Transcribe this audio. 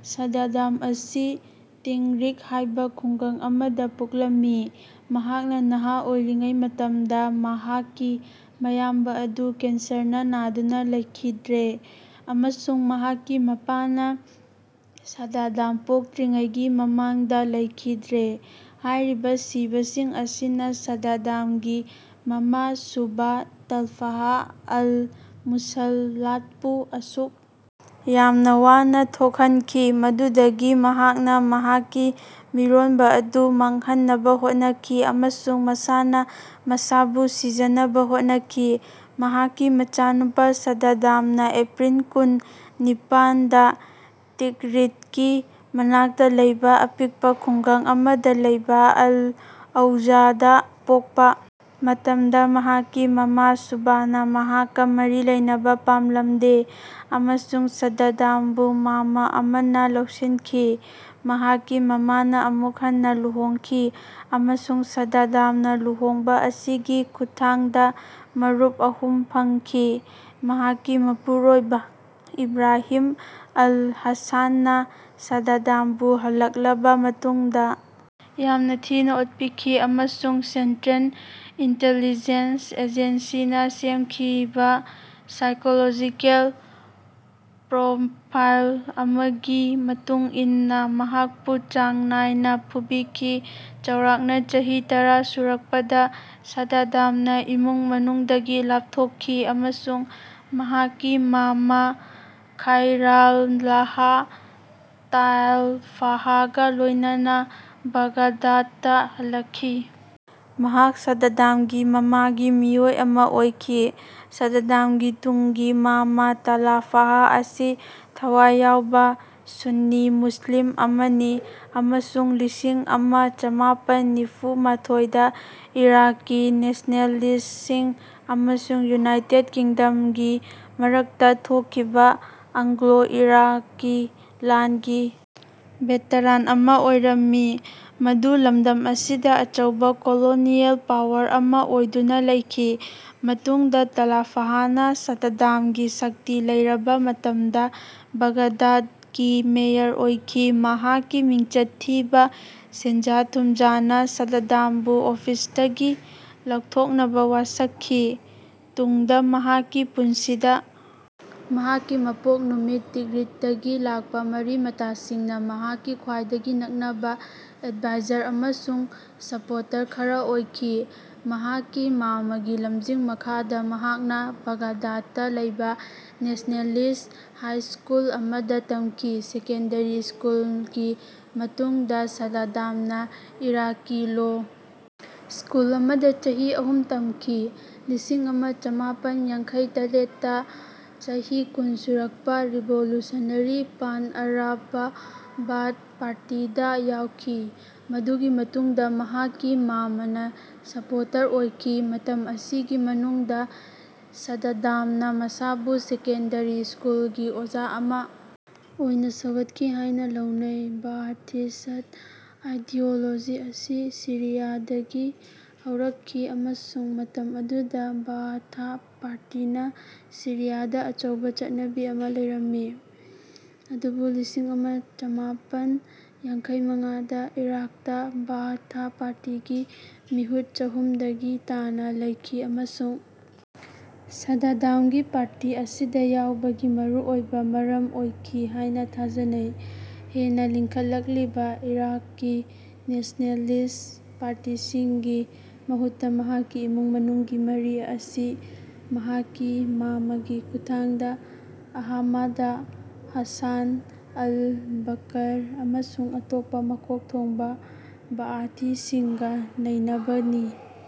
ꯁꯥꯗꯗꯥꯝ ꯑꯁꯤ ꯇꯤꯛꯔꯤꯛ ꯍꯥꯏꯕ ꯈꯨꯡꯒꯪ ꯑꯃꯗ ꯄꯣꯛꯂꯝꯃꯤ꯫ ꯃꯍꯥꯛꯅ ꯅꯍꯥ ꯑꯣꯏꯔꯤꯉꯩ ꯃꯇꯝꯗ ꯃꯍꯥꯛꯀꯤ ꯃꯌꯥꯝꯕ ꯑꯗꯨ ꯀꯦꯟꯁꯔꯅ ꯅꯥꯗꯨꯅ ꯂꯩꯈꯤꯗ꯭ꯔꯦ ꯑꯃꯁꯨꯡ ꯃꯍꯥꯛꯀꯤ ꯃꯄꯥꯥꯅ ꯁꯥꯗꯗꯥꯝ ꯄꯣꯛꯇ꯭ꯔꯤꯉꯩꯒꯤ ꯃꯃꯥꯡꯗ ꯂꯩꯈꯤꯗ꯭ꯔꯦ꯫ ꯍꯥꯏꯔꯤꯕ ꯁꯤꯕꯁꯤꯡ ꯑꯁꯤꯅ ꯁꯥꯗꯗꯥꯝꯒꯤ ꯃꯃꯥ ꯁꯨꯚꯥ ꯇꯜꯐꯥꯍ ꯑꯜ-ꯃꯨꯁꯜꯂꯥꯠꯄꯨ ꯑꯁꯨꯛ ꯌꯥꯝꯅ ꯋꯥꯅ ꯊꯣꯛꯍꯟꯈꯤ ꯃꯗꯨꯗꯒꯤ ꯃꯍꯥꯛꯅ ꯃꯍꯥꯛꯀꯤ ꯃꯤꯔꯣꯟꯕ ꯑꯗꯨ ꯃꯥꯡꯍꯟꯅꯕ ꯍꯣꯠꯅꯈꯤ ꯑꯃꯁꯨꯡ ꯃꯁꯥꯅ ꯃꯁꯥꯕꯨ ꯁꯤꯖꯅꯕ ꯍꯣꯠꯅꯈꯤ꯫ ꯃꯍꯥꯛꯀꯤ ꯃꯆꯥꯅꯨꯄ ꯁꯥꯗꯗꯥꯝꯅ ꯑꯦꯄ꯭ꯔꯤꯜ ꯀꯨꯟ - ꯅꯤꯄꯥꯟꯗ ꯇꯤꯛꯔꯤꯠꯀꯤ ꯃꯅꯥꯛꯇ ꯂꯩꯕ ꯑꯄꯤꯛꯄ ꯈꯨꯡꯒꯪ ꯑꯃꯗ ꯂꯩꯕ ꯑꯜ - ꯑꯧꯖꯥꯗ ꯄꯣꯛꯄ ꯃꯇꯝꯗ ꯃꯍꯥꯛꯀꯤ ꯃꯃꯥ ꯁꯨꯚꯥꯅ ꯃꯍꯥꯛꯀ ꯃꯔꯤ ꯂꯩꯅꯕ ꯄꯝꯂꯝꯗꯦ ꯑꯃꯁꯨꯡ ꯁꯥꯗꯗꯥꯝꯕꯨ ꯃꯥꯝꯃ ꯑꯃꯅ ꯂꯧꯁꯤꯟꯈꯤ꯫ ꯃꯍꯥꯛꯀꯤ ꯃꯃꯥꯅ ꯑꯃꯨꯛ ꯍꯟꯅ ꯂꯨꯍꯣꯡꯈꯤ ꯑꯃꯁꯨꯡ ꯁꯥꯗꯗꯥꯝꯅ ꯂꯨꯍꯣꯡꯕ ꯑꯁꯤꯒꯤ ꯈꯨꯠꯊꯥꯡꯗ ꯃꯔꯨꯞ ꯑꯍꯨꯝ ꯐꯪꯈꯤ꯫ ꯃꯍꯥꯛꯀꯤ ꯃꯄꯨꯔꯣꯏꯕ ꯏꯕ꯭ꯔꯥꯍꯤꯝ ꯑꯜ-ꯍꯥꯁꯥꯟꯅ ꯁꯥꯗꯗꯥꯝꯕꯨ ꯍꯜꯂꯛꯂꯕ ꯃꯇꯨꯡꯗ ꯌꯥꯝꯅ ꯊꯤꯅ ꯑꯣꯠꯄꯤꯈꯤ ꯑꯃꯁꯨꯡ ꯁꯦꯟꯇ꯭ꯔꯦꯟ ꯏꯟꯇꯦꯜꯂꯤꯖꯦꯟꯁ ꯑꯖꯦꯟꯁꯤꯅ ꯁꯦꯝꯈꯤꯕ ꯁꯥꯏꯀꯣꯂꯣꯖꯤꯀꯦꯜ ꯄ꯭ꯔꯣꯝꯐꯥꯏꯜ ꯑꯃꯒꯤ ꯃꯇꯨꯡ ꯏꯟꯅ ꯃꯍꯥꯛꯄꯨ ꯆꯥꯡ ꯅꯥꯏꯅ ꯐꯨꯕꯤꯈꯤ꯫ ꯆꯥꯎꯔꯥꯛꯅ ꯆꯍꯤ ꯇꯔꯥ ꯁꯨꯔꯛꯄꯗ ꯁꯥꯗꯗꯥꯝꯅ ꯏꯃꯨꯡ ꯃꯅꯨꯡꯗꯒꯤ ꯂꯥꯞꯊꯣꯛꯈꯤ ꯑꯃꯁꯨꯡ ꯃꯍꯥꯛꯀꯤ ꯃꯥꯝꯃ ꯈꯥꯏꯔꯥꯜꯂꯥꯍ ꯇꯥꯜꯐꯥꯍꯒ ꯂꯣꯏꯅꯅ ꯕꯥꯒꯗꯥꯗꯇ ꯍꯜꯂꯛꯈꯤ꯫ ꯃꯍꯥꯛ ꯁꯥꯗꯗꯥꯝꯒꯤ ꯃꯃꯥꯒꯤ ꯃꯤꯑꯣꯏ ꯑꯃ ꯑꯣꯏꯈꯤ꯫ ꯁꯥꯗꯗꯥꯝꯒꯤ ꯇꯨꯡꯒꯤ ꯃꯥꯝꯃ ꯇꯥꯂꯐꯥꯍ ꯑꯁꯤ ꯊꯋꯥꯏ ꯌꯥꯎꯕ ꯁꯨꯟꯅꯤ ꯃꯨꯁ꯭ꯂꯤꯝ ꯑꯃꯅꯤ ꯑꯃꯁꯨꯡ ꯂꯤꯁꯤꯡ ꯑꯃ ꯆꯃꯥꯄꯟ ꯅꯤꯐꯨ - ꯃꯥꯊꯣꯏꯗ ꯏꯔꯥꯛꯀꯤ ꯅꯦꯁ꯭ꯅꯦꯂꯤꯁ꯭ꯇꯁꯤꯡ ꯑꯃꯁꯨꯡ ꯌꯨꯅꯥꯏꯇꯦꯗ ꯀꯤꯡꯗꯝꯒꯤ ꯃꯔꯛꯇ ꯊꯣꯛꯈꯤꯕ ꯑꯪꯒ꯭ꯂꯣ ꯏꯔꯥꯛꯀꯤ ꯂꯥꯟꯒꯤ ꯚꯦꯇꯔꯥꯟ ꯑꯃ ꯑꯣꯏꯔꯝꯃꯤ꯫ ꯃꯗꯨ ꯂꯝꯗꯝ ꯑꯁꯤꯗ ꯑꯆꯧꯕ ꯀꯣꯂꯣꯅꯤꯑꯦꯜ ꯄꯥꯋꯔ ꯑꯃ ꯑꯣꯏꯗꯨꯅ ꯂꯩꯈꯤ꯫ ꯃꯇꯨꯡꯗ ꯇꯥꯂꯐꯥꯍꯅ ꯁꯥꯗꯗꯥꯝꯒꯤ ꯁꯛꯇꯤ ꯂꯩꯔꯕ ꯃꯇꯝꯗ ꯕꯥꯒꯗꯥꯗꯀꯤ ꯃꯦꯌꯔ ꯑꯣꯏꯈꯤ꯫ ꯃꯍꯥꯛꯀꯤ ꯃꯤꯡꯆꯠ ꯊꯤꯕ ꯁꯦꯟꯖꯥ ꯊꯨꯝꯖꯥꯅ ꯁꯥꯗꯗꯥꯝꯕꯨ ꯑꯣꯐꯤꯁꯇꯒꯤ ꯂꯧꯊꯣꯛꯅꯕ ꯋꯥꯁꯛꯈꯤ꯫ ꯇꯨꯡꯗ ꯃꯍꯥꯛꯀꯤ ꯄꯨꯟꯁꯤꯗ ꯃꯍꯥꯛꯀꯤ ꯃꯄꯣꯛ ꯅꯨꯃꯤꯠ ꯇꯤꯛꯔꯤꯠꯇꯒꯤ ꯂꯥꯛꯄ ꯃꯔꯤ ꯃꯇꯥꯁꯤꯡꯅ ꯃꯍꯥꯛꯀꯤ ꯈ꯭ꯋꯥꯏꯗꯒꯤ ꯅꯛꯅꯕ ꯑꯦꯗꯚꯥꯏꯖꯔ ꯑꯃꯁꯨꯡ ꯁꯄꯣꯔꯇꯔ ꯈꯔ ꯑꯣꯏꯈꯤ꯫ ꯃꯍꯥꯛꯀꯤ ꯃꯥꯝꯃꯒꯤ ꯂꯝꯖꯤꯡ ꯃꯈꯥꯗ ꯃꯍꯥꯛꯅ ꯕꯥꯒꯗꯥꯗꯇ ꯂꯩꯕ ꯅꯦꯁ꯭ꯅꯦꯂꯤꯁ꯭ꯠ ꯍꯥꯏ ꯁ꯭ꯀꯨꯜ ꯑꯃꯗ ꯇꯝꯈꯤ꯫ ꯁꯦꯀꯦꯟꯗꯔꯤ ꯁ꯭ꯀꯨꯜꯒꯤ ꯃꯇꯨꯡꯗ ꯁꯥꯗꯗꯥꯝꯅ ꯏꯔꯥꯛꯀꯤ ꯂꯣ ꯁ꯭ꯀꯨꯜ ꯑꯃꯗ ꯆꯍꯤ ꯑꯍꯨꯝ ꯇꯝꯈꯤ꯫ ꯂꯤꯁꯤꯡ ꯑꯃ ꯆꯃꯥꯄꯜ ꯌꯥꯡꯈꯩꯇꯔ‌ꯦꯠꯇ ꯆꯍꯤ ꯀꯨꯟ ꯁꯨꯔꯛꯄ ꯔꯤꯚꯣꯂꯨꯁꯅꯔꯤ ꯄꯥꯟ ꯑꯔꯕ ꯕꯥꯊ ꯄꯥꯔꯇꯤꯗ ꯌꯥꯎꯈꯤ꯫ ꯃꯗꯨꯒꯤ ꯃꯇꯨꯡꯗ ꯃꯍꯥꯛꯀꯤ ꯃꯥꯝꯃꯅ ꯁꯄꯣꯔꯇꯔ ꯑꯣꯏꯈꯤ꯫ ꯃꯇꯝ ꯑꯁꯤꯒꯤ ꯃꯅꯨꯡꯗ ꯁꯥꯗꯗꯥꯝꯅ ꯃꯁꯥꯕꯨ ꯁꯦꯀꯦꯟꯗꯔꯤ ꯁ꯭ꯀꯨꯜꯒꯤ ꯑꯣꯖꯥ ꯑꯃ ꯑꯣꯏꯅ ꯁꯧꯒꯠꯈꯤ ꯍꯥꯏꯅ ꯂꯧꯅꯩ꯫ ꯕꯥꯑꯥꯊꯤꯁ꯭ꯠ ꯑꯥꯏꯗꯤꯑꯣꯂꯣꯖꯤ ꯑꯁꯤ ꯁꯤꯔꯤꯌꯥꯗꯒꯤ ꯍꯧꯔꯛꯈꯤ ꯑꯃꯁꯨꯡ ꯃꯇꯝ ꯑꯗꯨꯗ ꯕꯥꯑꯥꯊ ꯄꯥꯔꯇꯤꯅ ꯁꯤꯔꯤꯌꯥꯗ ꯑꯆꯧꯕ ꯆꯠꯅꯕꯤ ꯑꯃ ꯂꯩꯔꯝꯃꯤ, ꯑꯗꯨꯕꯨ ꯂꯤꯁꯤꯡ ꯑꯃ ꯆꯃꯥꯄꯟ ꯌꯥꯡꯈꯩ ꯃꯉꯥꯗ ꯏꯔꯥꯛꯇ ꯕꯥꯑꯥꯊ ꯄꯥꯔꯇꯤꯒꯤ ꯃꯤꯍꯨꯠ ꯆꯍꯨꯝꯗꯒꯤ ꯇꯥꯅ ꯂꯩꯈꯤ ꯑꯃꯁꯨꯡ ꯁꯥꯗꯗꯥꯝꯒꯤ ꯄꯥꯔꯇꯤ ꯑꯁꯤꯗ ꯌꯥꯎꯕꯒꯤ ꯃꯔꯨꯑꯣꯏꯕ ꯃꯔꯝ ꯑꯣꯏꯈꯤ ꯍꯥꯏꯅ ꯊꯥꯖꯅꯩ꯫ ꯍꯦꯟꯅ ꯂꯤꯡꯈꯠꯂꯛꯂꯤꯕ ꯏꯔꯥꯛꯀꯤ ꯅꯦꯁ꯭ꯅꯦꯂꯤꯁ꯭ꯠ ꯄꯥꯔꯇꯤꯁꯤꯡꯒꯤ ꯃꯍꯨꯠꯇ ꯃꯍꯥꯛꯀꯤ ꯏꯃꯨꯡ ꯃꯅꯨꯡꯒꯤ ꯃꯔꯤ ꯑꯁꯤ ꯃꯍꯥꯛꯀꯤ ꯃꯥꯝꯃꯒꯤ ꯈꯨꯠꯊꯥꯡꯗ ꯑꯍꯃꯗ ꯍꯥꯁꯥꯟ ꯑꯜ-ꯕꯀꯔ ꯑꯃꯁꯨꯡ ꯑꯇꯣꯞꯄ ꯃꯀꯣꯛ ꯊꯣꯡꯕ ꯕꯥꯑꯊꯤꯁꯤꯡꯒ ꯂꯩꯅꯕꯅꯤ꯫